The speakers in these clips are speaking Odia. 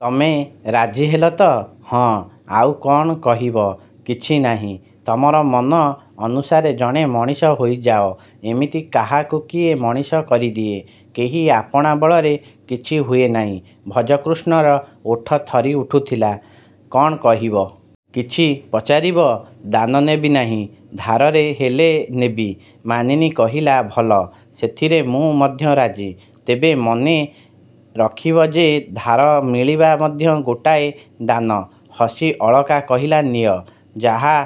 ତମେ ରାଜି ହେଲ ତ? -ହଁ। -ଆଉ କ'ଣ କହିବ? -କିଛି ନାହିଁ। ତମର ମନ ଅନୁସାରେ ଜଣେ ମଣିଷ ହୋଇଯାଅ। ଏମିତି କାହାକୁ କିଏ ମଣିଷ କରିଦିଏ। କେହି ଆପଣା ବଳରେ କିଛି ହୁଏ ନାହିଁ। -ଭଜକୃଷ୍ଣର ଓଠ ଥରି ଉଠୁଥିଲା। -କ'ଣ କହିବ? କିଛି ପଚାରିବ? -ଦାନ ନେବି ନାହିଁ। ଧାରରେ ହେଲେ ନେବି। -ମାନିନୀ କହିଲା-ଭଲ। ସେଥିରେ ମୁଁ ମଧ୍ୟ ରାଜି। ତେବେ ମନେ ରଖିବ ଯେ ଧାର ମିଳିବା ମଧ୍ୟ ଗୋଟାଏ ଦାନ। ହସି ଅଳକା କହିଲା-ନିଅ। ଯାହା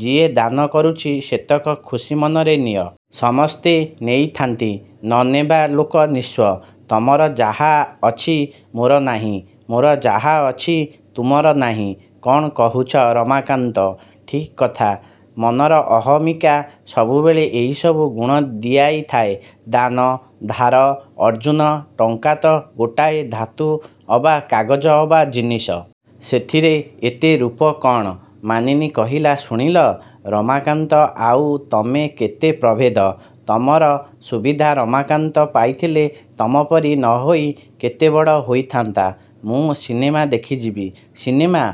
ଯିଏ ଦାନ କରୁଛି ସେତକ ଖୁସି ମନରେ ନିଅ। ସମସ୍ତେ ନେଇଥାନ୍ତି। ନ ନେବା ଲୋକ ନିସ୍ୱ। ତମର ଯାହା ଅଛି, ମୋର ନାହିଁ। ମୋର ଯାହା ଅଛି-ତୁମର ନାହିଁ। କ'ଣ କହୁଛ ରମାକାନ୍ତ? -ଠିକ୍ କଥା। ମନର ଅହମିକା ସବୁବେଳେ ଏହିସବୁ ଗୁଣ ଦିଆଇ ଥାଏ-ଦାନ, ଧାର, ଅର୍ଜ୍ଜନ-ଟଙ୍କା ତ ଗୋଟାଏ ଧାତୁ ଅବା କାଗଜ ଅବା ଜିନିଷ। ସେଥିରେ ଏତେ ରୂପ କ'ଣ? ମାନିନୀ କହିଲା-ଶୁଣିଲ? ରମାକାନ୍ତ ଆଉ ତମେ କେତେ ପ୍ରଭେଦ? ତମର ସୁବିଧା ରମାକାନ୍ତ ପାଇଥିଲେ ତମପରି ନ ହୋଇ କେତେ ବଡ଼ ହୋଇଥାନ୍ତା- -ମୁଁ ସିନେମା ଦେଖିଯିବି। -ସିନେମା?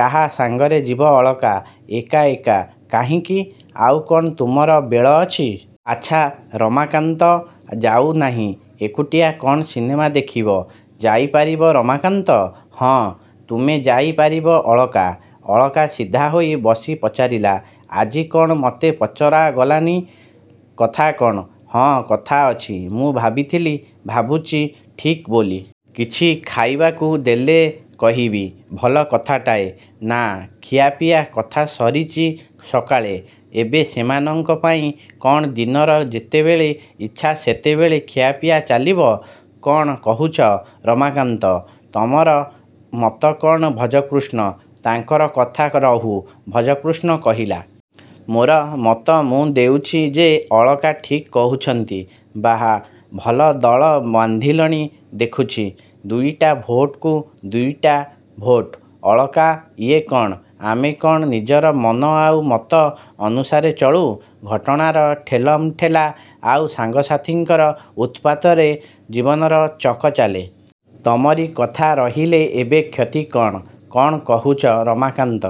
କାହା ସାଙ୍ଗରେ ଯିବ ଅଳକା? -ଏକା-ଏକା। -କାହିଁକି? -ଆଉ କ'ଣ ତୁମର ବେଳ ଅଛି? -ଆଚ୍ଛା, ରମାକାନ୍ତ ଯାଉ ନାହିଁ? ଏକୁଟିଆ କ'ଣ ସିନେମା ଦେଖିବ? ଯାଇପାରିବ ରମାକାନ୍ତ? -ହଁ। -ତୁମେ ଯାଇ ପାରିବ ଅଳକା? ଅଳକା ସିଧା ହୋଇ ବସି ପଚାରିଲା-ଆଜି କ'ଣ ମତେ ପଚରାଗଲାଣି? କଥା କ'ଣ-? -ହଁ କଥା ଅଛି। ମୁଁ ଭାବିଥିଲି। ଭାବୁଛି ଠିକ୍ ବୋଲି। କିଛି ଖାଇବାକୁ ଦେଲେ କହିବି। ଭଲ କଥାଟାଏ। -ନା, ଖିଆପିଆ କଥା ସରିଛି ସକାଳେ। ଏବେ ସେମାନଙ୍କ ପାଇଁ କ'ଣ ଦିନର ଯେତେବେଳେ ଇଚ୍ଛା ସେତେବେଳେ ଖିଆପିଆ ଚାଲିବ? କ'ଣ କହୁଛ ରମାକାନ୍ତ? ତମର ମତ କ'ଣ ଭଜକୃଷ୍ଣ? ତାଙ୍କର କଥା ରହୁ। -ଭଜକୃଷ୍ଣ କହିଲା। -ମୋର ମତ ମୁଁ ଦେଉଛି ଯେ ଅଳକା ଠିକ୍ କହୁଛନ୍ତି। -ବାଃ, ଭଲ ଦଳ ବାନ୍ଧିଲଣି ଦେଖୁଛି। ଦୁଇଟା ଭୋଟକୁ ଦୁଇଟା ଭୋଟ୍। ଏ ଅଳକା-ଇଏ କ'ଣ? -ଆମେ କ'ଣ ନିଜର ମନ ଆଉ ମତ ଅନୁସାରେ ଚଳୁ? ଘଟଣାର ଠେଲମ୍ ଠେଲା ଆଉ ସାଙ୍ଗସାଥୀଙ୍କର ଉତ୍ପାତରେ ଜୀବନର ଚକ ଚାଲେ। ତମରି କଥା ରହିଲେ ଏବେ କ୍ଷତି କ'ଣ-? -କ'ଣ କହୁଛ ରମାକାନ୍ତ?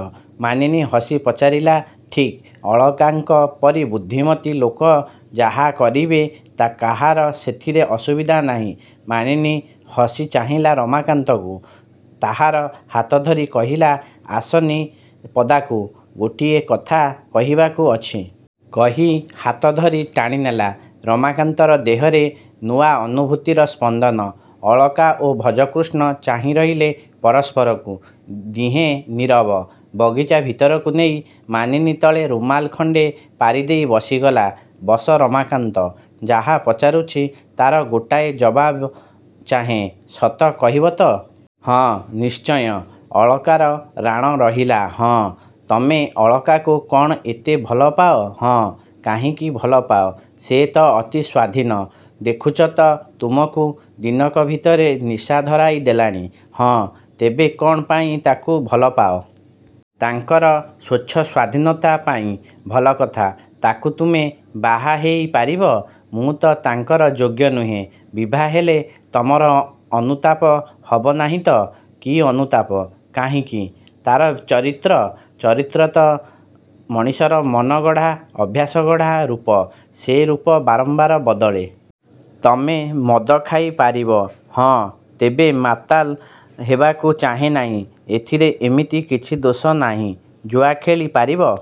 ମାନିନୀ ହସି ପଚାରିଲା। -ଠିକ୍। ଅଳକାଙ୍କ ପରି ବୁଦ୍ଧିମତୀ ଲୋକ ଯାହା କରିବେ କାହାର ସେଥିରେ ଅସୁବିଧା ନାହିଁ। ମାନିନୀ ହସି ଚାହିଁଲା ରମାକାନ୍ତକୁ। ତାହାର ହାତଧରି କହିଲା-ଆସନି ପଦାକୁ। ଗୋଟିଏ କଥା କହିବାକୁ ଅଛି। କହି ହାତଧରି ଟାଣିନେଲା। ରମାକାନ୍ତର ଦେହରେ ନୂଆ ଅନୁଭୂତିର ସ୍ପନ୍ଦନ। ଅଳକା ଓ ଭଜକୃଷ୍ଣ ଚାହିଁ ରହିଲେ ପରସ୍ପରକୁ। ଦିହେଁ ନୀରବ। ବଗିଚା ଭିତରକୁ ନେଇ ମାନିନୀ ତଳେ ରୁମାଲ ଖଣ୍ଡେ ପାରିଦେଇ ବସିଗଲା-ବସ ରମାକାନ୍ତ। -ଯାହା ପଚାରୁଛି ତା'ର ଗୋଟାଏ ଜବାବ ଚାହେଁ। ସତ କହିବ ତ? -ହଁ। -ନିଶ୍ଚୟ। ଅଳକାର ରାଣ ରହିଲା। -ହଁ। -ତମେ ଅଳକାକୁ କ'ଣ ଏତେ ଭଲ ପାଅ? -ହଁ। -କାହିଁକି ଭଲ ପାଅ? ସେ ତ ଅତି ସ୍ୱାଧୀନ। ଦେଖୁଛ ତ ତୁମକୁ ଦିନକ ଭିତରେ ନିଶା ଧରାଇ ଦେଲାଣି। -ହଁ। -ତେବେ କ'ଣ ପାଇଁ ତା'କୁ ଭଲ ପାଅ? -ତାଙ୍କର ସ୍ୱଚ୍ଛ ସ୍ୱାଧୀନତା ପାଇଁ। -ଭଲ କଥା। ତା'କୁ ତୁମେ ବାହାହେଇ ପାରିବ? -ମୁଁ ତ ତାଙ୍କର ଯୋଗ୍ୟ ନୁହେଁ। -ବିଭାହେଲେ ତମର ଅନୁତାପ ହବ ନାହିଁ ତ? -କି ଅନୁତାପ? କାହିଁକି? -ତା'ର ଚରିତ୍ର? -ଚରିତ୍ର ତ ମଣିଷର ମନ-ଗଢ଼ା, ଅଭ୍ୟାସ-ଗଢ଼ା ରୂପ। ସେ ରୂପ ବାରମ୍ବାର ବଦଳେ-। -ତମେ ମଦ ଖାଇ ପାରିବ? -ହଁ। ତେବେ ମାତାଲ ହେବାକୁ ଚାହେଁ ନାହିଁ। ଏଥିରେ ଏମିତି କିଛି ଦୋଷ ନାହିଁ। -ଜୁଆ ଖେଳି ପାରିବ?